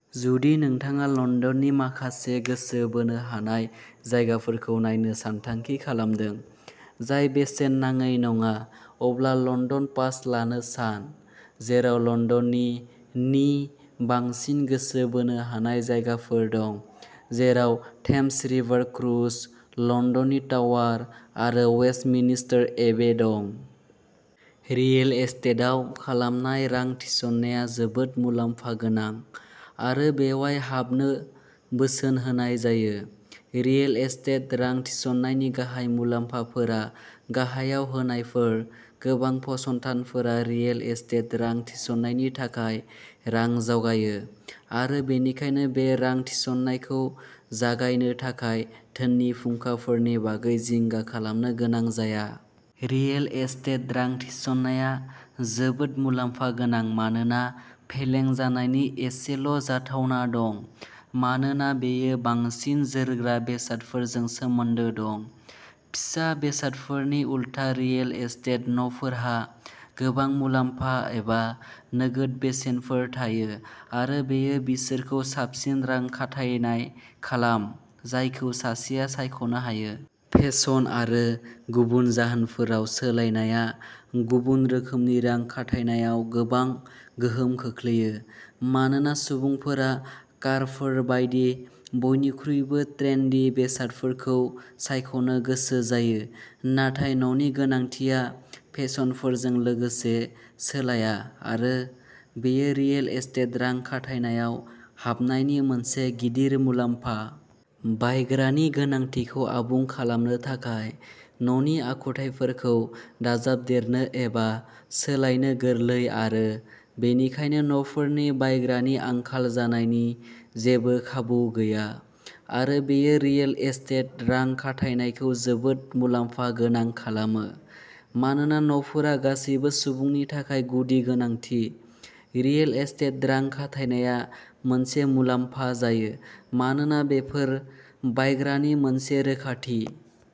जुदि नोंथाङा लन्दननि माखासे गोसो बोनो हानाय जायगाफोरखौ नायनो सानथांखि खालामदों, जाय बेसेन नाङै नङा, अब्ला लन्दन पास लानो सान, जेराव लन्दननि नि बांसिन गोसो बोनो हानाय जायगाफोर दं, जेराव थेम्स रिभार क्रुज, लन्दननि टावार आरो वेस्टमिन्स्टार एबे दं। रियेल एस्टेटआव खालामनाय रां थिसननाया जोबोद मुलाम्फा गोनां आरो बेयाव हाबनो बोसोन होनाय जायो। रियेल एस्टेट रां थिसननायनि गाहाय मुलाम्फाफोरा गाहायाव होनायफोर। गोबां फसंथानफोरा रियेल एस्टेट रां थिसननायनि थाखाय रां जगायो आरो बेनिखायनो बे रां थिसननायखौ जागायनो थाखाय धोननि फुंखाफोरनि बागै जिंगा खालामनो गोनां जाया। रियेल एस्टेट रां थिसननाया जोबोद मुलाम्फा गोनां मानोना फेलें जानायनि एसेल'जाथावना दं मानोना बेयो बांसिन जोरग्रा बेसादफोरजों सोमोन्दो दं। फिसा बेसादफोरनि उलथा रियेल एस्टेट न'फोरहा गोबां मुलाम्फा एबा नोगोद बेसेनफोर थायो आरो बेयो बिसोरखौ साबसिन रां खाथायनाय खालाम, जायखौ सासेआ सायख'नो हायो। फेशन आरो गुबुन जाहोनफोराव सोलायनायआ गुबुन रोखोमनि रां खाथायनायाव गोबां गोहोम खोख्लैयो, मानोना सुबुंफोरा कारफोर बायदि बयनिख्रुइबो ट्रेन्डी बेसादफोरखौ सायख'नो गोसो जायो, नाथाय न'नि गोनांथिया फेसनफोरजों लोगोसे सोलाया आरो बेयो रियेल एस्टेट रां खाथायनायाव हाबनायनि मोनसे गिदिर मुलाम्फा। बायग्रानि गोनांथिखौ आबुं खालामनो थाखाय न'नि आखुथायफोरखौ दाजाबदेरनो एबा सोलायनो गोरलै आरो बेनिखायनो न'फोरनि बायग्रानि आंखाल जानायनि जेबो खाबु गैया आरो बेयो रियेल एस्टेट रां खाथायनायखौ जोबोद मुलाम्फा गोनां खालामो। मानोना न'फोरा गासैबो सुबुंनि थाखाय गुदि गोनांथि, रियेल एस्टेट रां खाथायनाया मोनसे मुलाम्फा जायो मानोना बेफोर बायग्रानि मोनसे रोखाथि।